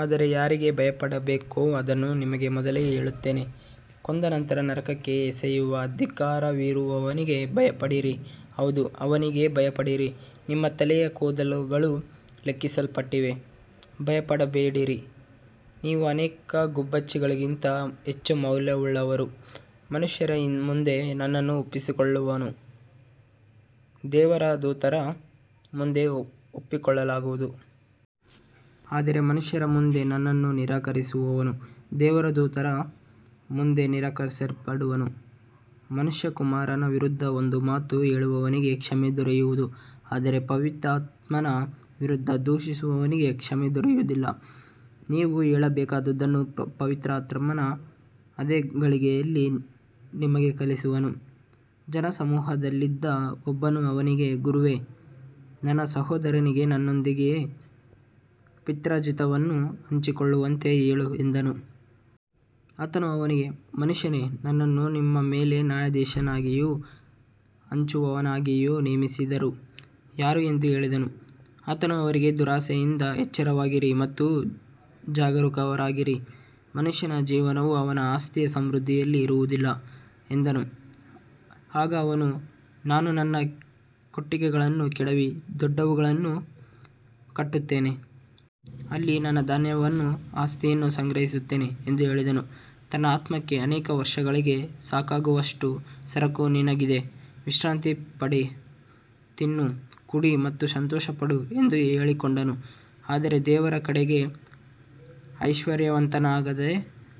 ಆದರೆ ಯಾರಿಗೆ ಭಯಪಡಬೇಕೋ ಅದನ್ನು ನಿಮಗೆ ಮೊದಲೇ ಹೇಳುತ್ತೇನೆ. ಕೊಂದ ನಂತರ ನರಕಕ್ಕೆ ಎಸೆಯುವ ಅಧಿಕಾರವಿರುವವನಿಗೆ ಭಯಪಡಿರಿ. ಹೌದು, ಅವನಿಗೆ ಭಯಪಡಿರಿ. ನಿಮ್ಮ ತಲೆಯ ಕೂದಲುಗಳೂ ಲೆಕ್ಕಿಸಲ್ಪಟ್ಟಿವೆ. ಭಯಪಡಬೇಡಿರಿ, ನೀವು ಅನೇಕ ಗುಬ್ಬಚ್ಚಿಗಳಿಗಿಂತ ಹೆಚ್ಚು ಮೌಲ್ಯವುಳ್ಳವರು. ಮನುಷ್ಯರ ಮುಂದೆ ನನ್ನನ್ನು ಒಪ್ಪಿಕೊಳ್ಳುವವನನ್ನು ದೇವರ ದೂತರ ಮುಂದೆ ಒಪ್ಪಿಕೊಳ್ಳಲಾಗುವುದು. ಆದರೆ ಮನುಷ್ಯರ ಮುಂದೆ ನನ್ನನ್ನು ನಿರಾಕರಿಸುವವನು ದೇವರ ದೂತರ ಮುಂದೆ ನಿರಾಕರಿಸಲ್ಪಡುವನು. ಮನುಷ್ಯಕುಮಾರನ ವಿರುದ್ಧ ಒಂದು ಮಾತು ಹೇಳುವವನಿಗೆ ಕ್ಷಮೆ ದೊರೆಯುವುದು, ಆದರೆ ಪವಿತ್ರಾತ್ಮನ ವಿರುದ್ಧ ದೂಷಿಸುವವನಿಗೆ ಕ್ಷಮೆ ದೊರೆಯುವುದಿಲ್ಲ. ನೀವು ಹೇಳಬೇಕಾದುದನ್ನು ಪವಿತ್ರಾತ್ಮನು ಅದೇ ಗಳಿಗೆಯಲ್ಲಿ ನಿಮಗೆ ಕಲಿಸುವನು. ಜನಸಮೂಹದಲ್ಲಿದ್ದ ಒಬ್ಬನು ಅವನಿಗೆ, ಗುರುವೇ, ನನ್ನ ಸಹೋದರನಿಗೆ ನನ್ನೊಂದಿಗೆ ಪಿತ್ರಾರ್ಜಿತವನ್ನು ಹಂಚಿಕೊಳ್ಳುವಂತೆ ಹೇಳು ಎಂದನು. ಆತನು ಅವನಿಗೆ, ಮನುಷ್ಯನೇ, ನನ್ನನ್ನು ನಿಮ್ಮ ಮೇಲೆ ನ್ಯಾಯಾಧೀಶನಾಗಿಯೂ ಹಂಚುವವನಾಗಿಯೂ ನೇಮಿಸಿದವರು ಯಾರು ಎಂದು ಹೇಳಿದನು. ಆತನು ಅವರಿಗೆ, ದುರಾಶೆಯಿಂದ ಎಚ್ಚರವಾಗಿರಿ ಮತ್ತು ಜಾಗರೂಕರಾಗಿರಿ. ಮನುಷ್ಯನ ಜೀವನವು ಅವನ ಆಸ್ತಿಯ ಸಮೃದ್ಧಿಯಲ್ಲಿ ಇರುವುದಿಲ್ಲ ಎಂದನು. ಆಗ ಅವನು, ನಾನು ನನ್ನ ಕೊಟ್ಟಿಗೆಗಳನ್ನು ಕೆಡವಿ ದೊಡ್ಡವುಗಳನ್ನು ಕಟ್ಟುತ್ತೇನೆ. ಅಲ್ಲಿ ನನ್ನ ಎಲ್ಲಾ ಧಾನ್ಯವನ್ನೂ ಆಸ್ತಿಯನ್ನೂ ಸಂಗ್ರಹಿಸುತ್ತೇನೆ ಎಂದು ಹೇಳಿದನು. ತನ್ನ ಆತ್ಮಕ್ಕೆ, ಅನೇಕ ವರ್ಷಗಳಿಗೆ ಸಾಕಾಗುವಷ್ಟು ಸರಕು ನಿನಗಿದೆ. ವಿಶ್ರಾಂತಿ ಪಡೆ, ತಿನ್ನು, ಕುಡಿ ಮತ್ತು ಸಂತೋಷಪಡು ಎಂದು ಹೇಳಿಕೊಂಡನು. ಆದರೆ ದೇವರ ಕಡೆಗೆ ಐಶ್ವರ್ಯವಂತನಾಗದೆ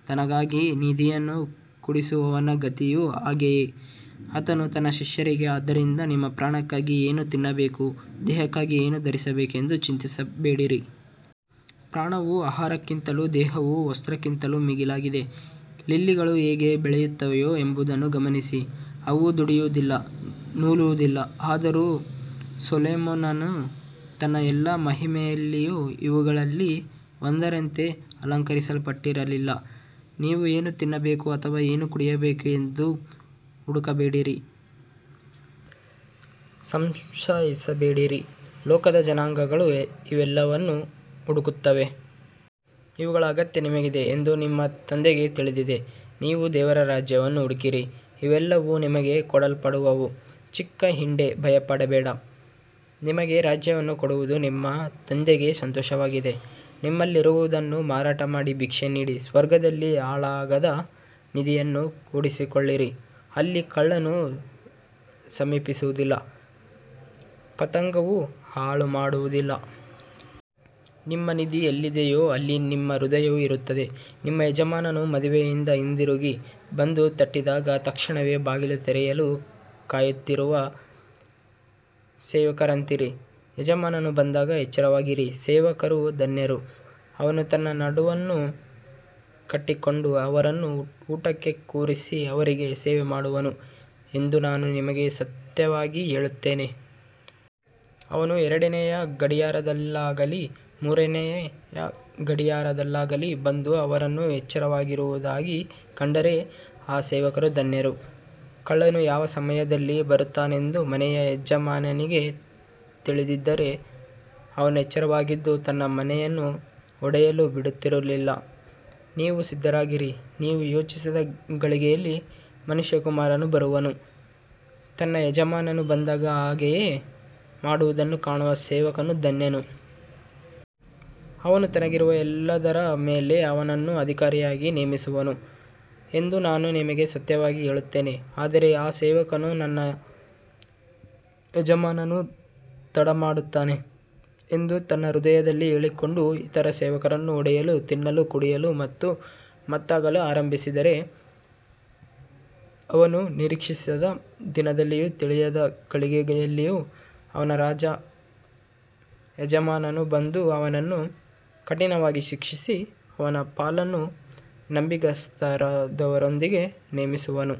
ತನಗಾಗಿ ನಿಧಿಯನ್ನು ಕೂಡಿಸುವವನ ಗತಿಯೂ ಹಾಗೆಯೇ. ಆತನು ತನ್ನ ಶಿಷ್ಯರಿಗೆ, ಆದ್ದರಿಂದ ನಿಮ್ಮ ಪ್ರಾಣಕ್ಕಾಗಿ ಏನು ತಿನ್ನಬೇಕು, ದೇಹಕ್ಕಾಗಿ ಏನು ಧರಿಸಬೇಕು ಎಂದು ಚಿಂತಿಸಬೇಡಿರಿ. ಪ್ರಾಣವು ಆಹಾರಕ್ಕಿಂತಲೂ ದೇಹವು ವಸ್ತ್ರಕ್ಕಿಂತಲೂ ಮಿಗಿಲಾಗಿದೆ. ಲಿಲ್ಲಿಗಳು ಹೇಗೆ ಬೆಳೆಯುತ್ತವೆ ಎಂಬುದನ್ನು ಗಮನಿಸಿ. ಅವು ದುಡಿಯುವುದಿಲ್ಲ, ನೂಲುವುದಿಲ್ಲ. ಆದರೂ ಸೊಲೊಮೋನನು ತನ್ನ ಎಲ್ಲಾ ಮಹಿಮೆಯಲ್ಲಿಯೂ ಇವುಗಳಲ್ಲಿ ಒಂದರಂತೆ ಅಲಂಕರಿಸಲ್ಪಟ್ಟಿರಲಿಲ್ಲ. ನೀವು ಏನು ತಿನ್ನಬೇಕು ಅಥವಾ ಏನು ಕುಡಿಯಬೇಕು ಎಂದು ಹುಡುಕಬೇಡಿರಿ, ಸಂಶಯಿಸಬೇಡಿರಿ. ಲೋಕದ ಜನಾಂಗಗಳು ಇವೆಲ್ಲವನ್ನೂ ಹುಡುಕುತ್ತವೆ. ಇವುಗಳ ಅಗತ್ಯ ನಿಮಗಿದೆ ಎಂದು ನಿಮ್ಮ ತಂದೆಗೆ ತಿಳಿದಿದೆ. ನೀವು ದೇವರ ರಾಜ್ಯವನ್ನು ಹುಡುಕಿರಿ, ಇವೆಲ್ಲವೂ ನಿಮಗೆ ಕೊಡಲ್ಪಡುವವು. ಚಿಕ್ಕ ಹಿಂಡೇ, ಭಯಪಡಬೇಡ. ನಿಮಗೆ ರಾಜ್ಯವನ್ನು ಕೊಡುವುದು ನಿಮ್ಮ ತಂದೆಗೆ ಸಂತೋಷವಾಗಿದೆ. ನಿಮ್ಮಲ್ಲಿರುವುದನ್ನು ಮಾರಾಟ ಮಾಡಿ ಭಿಕ್ಷೆ ನೀಡಿ. ಸ್ವರ್ಗದಲ್ಲಿ ಹಾಳಾಗದ ನಿಧಿಯನ್ನು ಕೂಡಿಸಿಕೊಳ್ಳಿರಿ. ಅಲ್ಲಿ ಕಳ್ಳನು ಸಮೀಪಿಸುವುದಿಲ್ಲ, ಪತಂಗವೂ ಹಾಳುಮಾಡುವುದಿಲ್ಲ. ನಿಮ್ಮ ನಿಧಿ ಎಲ್ಲಿದೆಯೋ ಅಲ್ಲಿ ನಿಮ್ಮ ಹೃದಯವೂ ಇರುತ್ತದೆ. ನಿಮ್ಮ ಯಜಮಾನನು ಮದುವೆಯಿಂದ ಹಿಂದಿರುಗಿ ಬಂದು ತಟ್ಟಿದಾಗ ತಕ್ಷಣವೇ ಬಾಗಿಲು ತೆರೆಯಲು ಕಾಯುತ್ತಿರುವ ಸೇವಕರಂತಿರಿರಿ. ಯಜಮಾನನು ಬಂದಾಗ ಎಚ್ಚರವಾಗಿರುವ ಸೇವಕರು ಧನ್ಯರು. ಅವನು ತನ್ನ ನಡುವನ್ನು ಕಟ್ಟಿಕೊಂಡು ಅವರನ್ನು ಊಟಕ್ಕೆ ಕೂರಿಸಿ ಅವರಿಗೆ ಸೇವೆ ಮಾಡುವನು ಎಂದು ನಾನು ನಿಮಗೆ ಸತ್ಯವಾಗಿ ಹೇಳುತ್ತೇನೆ. ಅವನು ಎರಡನೆಯ ಗಡಿಯಾರದಲ್ಲಾಗಲಿ ಮೂರನೆಯ ಗಡಿಯಾರದಲ್ಲಾಗಲಿ ಬಂದು ಅವರನ್ನು ಎಚ್ಚರವಾಗಿರುವುದಾಗಿ ಕಂಡರೆ ಆ ಸೇವಕರು ಧನ್ಯರು. ಕಳ್ಳನು ಯಾವ ಸಮಯದಲ್ಲಿ ಬರುತ್ತಾನೆಂದು ಮನೆಯ ಯಜಮಾನನಿಗೆ ತಿಳಿದಿದ್ದರೆ, ಅವನು ಎಚ್ಚರವಾಗಿದ್ದು ತನ್ನ ಮನೆಯನ್ನು ಒಡೆಯಲು ಬಿಡುತ್ತಿರಲಿಲ್ಲ. ನೀವು ಸಿದ್ಧರಾಗಿರಿ, ನೀವು ಯೋಚಿಸದ ಗಳಿಗೆಯಲ್ಲಿ ಮನುಷ್ಯಕುಮಾರನು ಬರುವನು. ತನ್ನ ಯಜಮಾನನು ಬಂದಾಗ ಹಾಗೆಯೇ ಮಾಡುವುದನ್ನು ಕಾಣುವ ಸೇವಕನು ಧನ್ಯನು. ಅವನು ತನಗಿರುವ ಎಲ್ಲದರ ಮೇಲೆ ಅವನನ್ನು ಅಧಿಕಾರಿಯಾಗಿ ನೇಮಿಸುವನು ಎಂದು ನಾನು ನಿಮಗೆ ಸತ್ಯವಾಗಿ ಹೇಳುತ್ತೇನೆ. ಆದರೆ ಆ ಸೇವಕನು, ನನ್ನ ಯಜಮಾನನು ತಡಮಾಡುತ್ತಾನೆ ಎಂದು ತನ್ನ ಹೃದಯದಲ್ಲಿ ಹೇಳಿಕೊಂಡು ಇತರ ಸೇವಕರನ್ನು ಹೊಡೆಯಲು, ತಿನ್ನಲು, ಕುಡಿಯಲು ಮತ್ತು ಮತ್ತಾಗಲು ಆರಂಭಿಸಿದರೆ, ಅವನು ನಿರೀಕ್ಷಿಸದ ದಿನದಲ್ಲಿಯೂ ತಿಳಿಯದ ಗಳಿಗೆಯಲ್ಲಿಯೂ ಅವನ ಯಜಮಾನನು ಬಂದು ಅವನನ್ನು ಕಠಿಣವಾಗಿ ಶಿಕ್ಷಿಸಿ ಅವನ ಪಾಲನ್ನು ನಂಬಿಗಸ್ತರಲ್ಲದವರೊಂದಿಗೆ ನೇಮಿಸುವನು.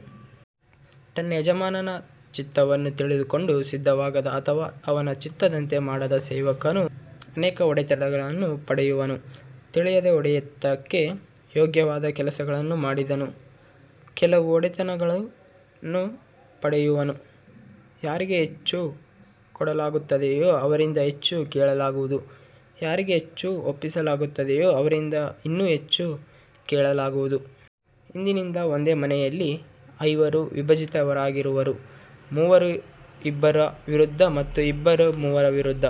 ತನ್ನ ಯಜಮಾನನ ಚಿತ್ತವನ್ನು ತಿಳಿದುಕೊಂಡು ಸಿದ್ಧವಾಗದ ಅಥವಾ ಅವನ ಚಿತ್ತದಂತೆ ಮಾಡದ ಸೇವಕನು ಅನೇಕ ಹೊಡೆತಗಳನ್ನು ಪಡೆಯುವನು. ತಿಳಿಯದೆ ಹೊಡೆತಕ್ಕೆ ಯೋಗ್ಯವಾದ ಕೆಲಸಗಳನ್ನು ಮಾಡಿದವನು ಕೆಲವು ಹೊಡೆತಗಳನ್ನು ಪಡೆಯುವನು. ಯಾರಿಗೆ ಹೆಚ್ಚು ಕೊಡಲಾಗುತ್ತದೆಯೋ ಅವರಿಂದ ಹೆಚ್ಚು ಕೇಳಲಾಗುವುದು. ಯಾರಿಗೆ ಹೆಚ್ಚು ಒಪ್ಪಿಸಲಾಗುತ್ತದೆಯೋ ಅವರಿಂದ ಇನ್ನೂ ಹೆಚ್ಚು ಕೇಳಲಾಗುವುದು. ಇಂದಿನಿಂದ ಒಂದೇ ಮನೆಯಲ್ಲಿ ಐವರು ವಿಭಜಿತರಾಗಿರುವರು, ಮೂವರು ಇಬ್ಬರ ವಿರುದ್ಧ ಮತ್ತು ಇಬ್ಬರು ಮೂವರ ವಿರುದ್ಧ.